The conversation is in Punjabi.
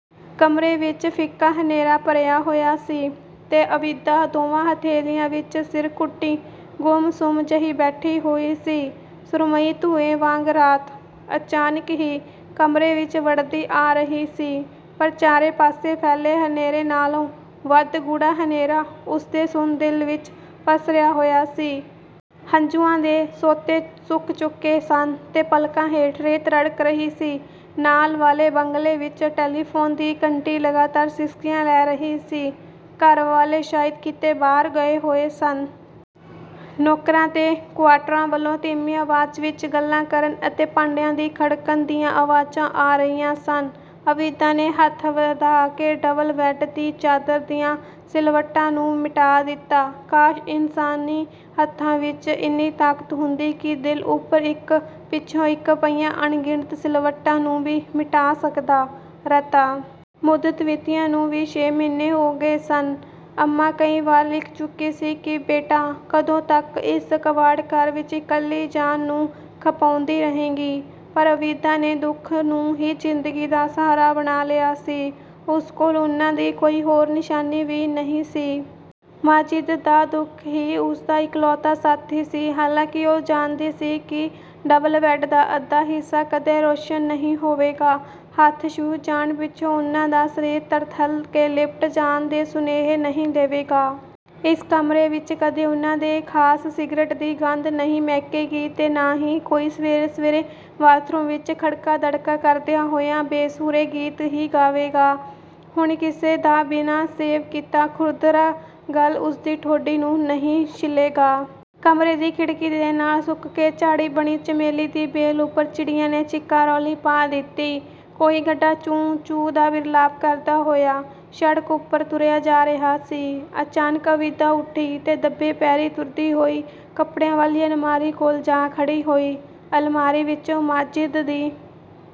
ਕਮਰੇ ਵਿੱਚ ਫਿੱਕਾ ਹਨੇਰਾ ਭਰਿਆ ਹੋਇਆ ਸੀ ਤੇ ਆਬਿਦਾ ਦੋਵਾਂ ਹਥੇਲੀਆਂ ਵਿੱਚ ਸਿਰ ਘੁੱਟੀ, ਗੁੰਮ-ਸੁੰਮ ਜਿਹੀ ਬੈਠੀ ਹੋਈ ਸੀ। ਸੁਰਮਈ ਧੁੰਏਂ ਵਾਂਗ ਰਾਤ, ਅਚਾਨਕ ਹੀ, ਕਮਰੇ ਵਿੱਚ ਵੜਦੀ ਆ ਰਹੀ ਸੀ। ਪਰ ਚਾਰੇ ਪਾਸੇ ਫੈਲੇ ਹਨੇਰੇ ਨਾਲੋਂ ਵੱਧ ਗੂੜ੍ਹਾ ਹਨੇਰਾ ਉਸਦੇ ਸੁੰਨ ਦਿਲ ਵਿੱਚ ਪਸਰਿਆ ਹੋਇਆ ਸੀ। ਹੰਝੂਆਂ ਦੇ ਸੋਤੇ ਸੁੱਕ ਚੁੱਕੇ ਸਨ ਤੇ ਪਲਕਾਂ ਹੇਠ ਰੇਤ ਰੜਕ ਰਹੀ ਸੀ। ਨਾਲ ਵਾਲੇ ਬੰਗਲੇ ਵਿੱਚ ਟੈਲੀਫੋਨ ਦੀ ਘੰਟੀ ਲਗਾਤਾਰ ਸਿਸਕੀਆਂ ਲੈ ਰਹੀ ਸੀ। ਘਰ ਵਾਲੇ ਸ਼ਾਇਦ ਕਿਤੇ ਬਾਹਰ ਗਏ ਹੋਏ ਸਨ। ਨੌਕਰਾਂ ਦੇ ਕੁਆਰਟਰਾਂ ਵੱਲੋਂ ਧੀਮੀ ਆਵਾਜ਼ ਵਿੱਚ ਗੱਲਾਂ ਕਰਨ ਅਤੇ ਭਾਂਡਿਆਂ ਦੇ ਖੜਕਣ ਦੀਆਂ ਆਵਾਜ਼ਾਂ ਆ ਰਹੀਆਂ ਸਨ। ਆਬਿਦਾ ਨੇ ਹੱਥ ਵਧਾ ਕੇ ਡਬਲ-ਬੈੱਡ ਦੀ ਚਾਦਰ ਦੀਆਂ ਸਿਲਵਟਾਂ ਨੂੰ ਮਿਟਾ ਦਿੱਤਾ। ਕਾਸ਼, ਇਨਸਾਨੀ ਹੱਥਾਂ ਵਿੱਚ ਇੰਨੀ ਤਾਕਤ ਹੁੰਦੀ ਕਿ ਦਿਲ ਉੱਪਰ ਇੱਕ ਪਿੱਛੋਂ ਇੱਕ ਪਈਆਂ ਅਣਗਿਣਤ ਸਿਲਵਟਾਂ ਨੂੰ ਵੀ ਮਿਟਾ ਸਕਦਾ। ਰਤਾ ਮੁੱਦਤ ਬੀਤੀਆਂ ਨੂੰ ਵੀ ਛੇ ਮਹੀਨੇ ਹੋ ਗਏ ਸਨ। ਅੰਮਾਂ ਕਈ ਵਾਰੀ ਲਿਖ ਚੁੱਕੀ ਸੀ ਕਿ ਬੇਟਾ ਕਦੋਂ ਤੱਕ ਇਸ ਕਬਾੜ-ਘਰ ਵਿੱਚ ਇਕੱਲੀ ਜਾਨ ਨੂੰ ਖਪਾਉਂਦੀ ਰਹੇਂਗੀ? ਪਰ ਆਬਿਦਾ ਨੇ ਦੁੱਖ ਨੂੰ ਹੀ ਜ਼ਿੰਦਗੀ ਦਾ ਸਹਾਰਾ ਬਣਾ ਲਿਆ ਸੀ, ਉਸ ਕੋਲ ਉਨ੍ਹਾਂ ਦੀ ਕੋਈ ਹੋਰ ਨਿਸ਼ਾਨੀ ਵੀ ਨਹੀਂ ਸੀ। ਮਾਜਿਦ ਦਾ ਦੁੱਖ ਹੀ ਉਸਦਾ ਇਕਲੌਤਾ ਸਾਥੀ ਸੀ। ਹਾਲਾਂਕਿ ਉਹ ਜਾਣਦੀ ਸੀ ਕਿ, ਡਬਲ-ਬੈੱਡ ਦਾ ਅੱਧਾ ਹਿੱਸਾ ਕਦੇ ਰੌਸ਼ਨ ਨਹੀਂ ਹੋਵੇਗਾ, ਹੱਥ ਛੂਹ ਜਾਣ ਪਿੱਛੋਂ ਉਨ੍ਹਾਂ ਦਾ ਸਰੀਰ ਤਰਥੱਲ ਕੇ ਲਿਪਟ ਜਾਣ ਦੇ ਸੁਨੇਹੇ ਨਹੀਂ ਦੇਵੇਗਾ। ਇਸ ਕਮਰੇ ਵਿੱਚ ਕਦੇ ਉਨ੍ਹਾਂ ਦੇ ਖਾਸ ਸਿਗਰਟ ਦੀ ਗੰਧ ਨਹੀਂ ਮਹਿਕੇਗੀ ਤੇ ਨਾ ਹੀ ਕੋਈ ਸਵੇਰੇ-ਸਵੇਰੇ ਬਾਥਰੂਮ ਵਿੱਚ ਖੜਕਾ-ਦੜਕਾ ਕਰਦਿਆਂ ਹੋਇਆਂ, ਬੇਸੁਰੇ ਗੀਤ ਹੀ ਗਾਵੇਗਾ। ਹੁਣ ਕਿਸੇ ਦਾ ਬਿਨਾਂ ਸ਼ੇਵ ਕੀਤਾ ਖੁਰਦਰਾ ਗੱਲ ਉਸਦੀ ਠੋਡੀ ਨੂੰ ਨਹੀਂ ਛਿੱਲੇਗਾ। ਕਮਰੇ ਦੀ ਖਿੜਕੀ ਦੇ ਨਾਲ ਸੁੱਕ ਕੇ ਝਾੜੀ ਬਣੀ ਚਮੇਲੀ ਦੀ ਵੇਲ ਉੱਪਰ ਚਿੜੀਆਂ ਨੇ ਚੀਕਾ-ਰੌਲੀ ਪਾ ਦਿੱਤੀ। ਕੋਈ ਗੱਡਾ 'ਚੂੰ-ਚੂੰ' ਦਾ ਵਿਰਲਾਪ ਕਰਦਾ ਹੋਇਆ ਸੜਕ ਉੱਪਰ ਤੁਰਿਆ ਜਾ ਰਿਹਾ ਸੀ। ਅਚਾਨਕ ਆਬਿਦਾ ਉੱਠੀ ਤੇ ਦੱਬੇ ਪੈਰੀਂ ਤੁਰਦੀ ਹੋਈ ਕੱਪੜਿਆਂ ਵਾਲੀ ਅਲਮਾਰੀ ਕੋਲ ਜਾ ਖੜ੍ਹੀ ਹੋਈ। ਅਲਮਾਰੀ ਵਿੱਚੋਂ ਮਾਜਿਦ ਦੀ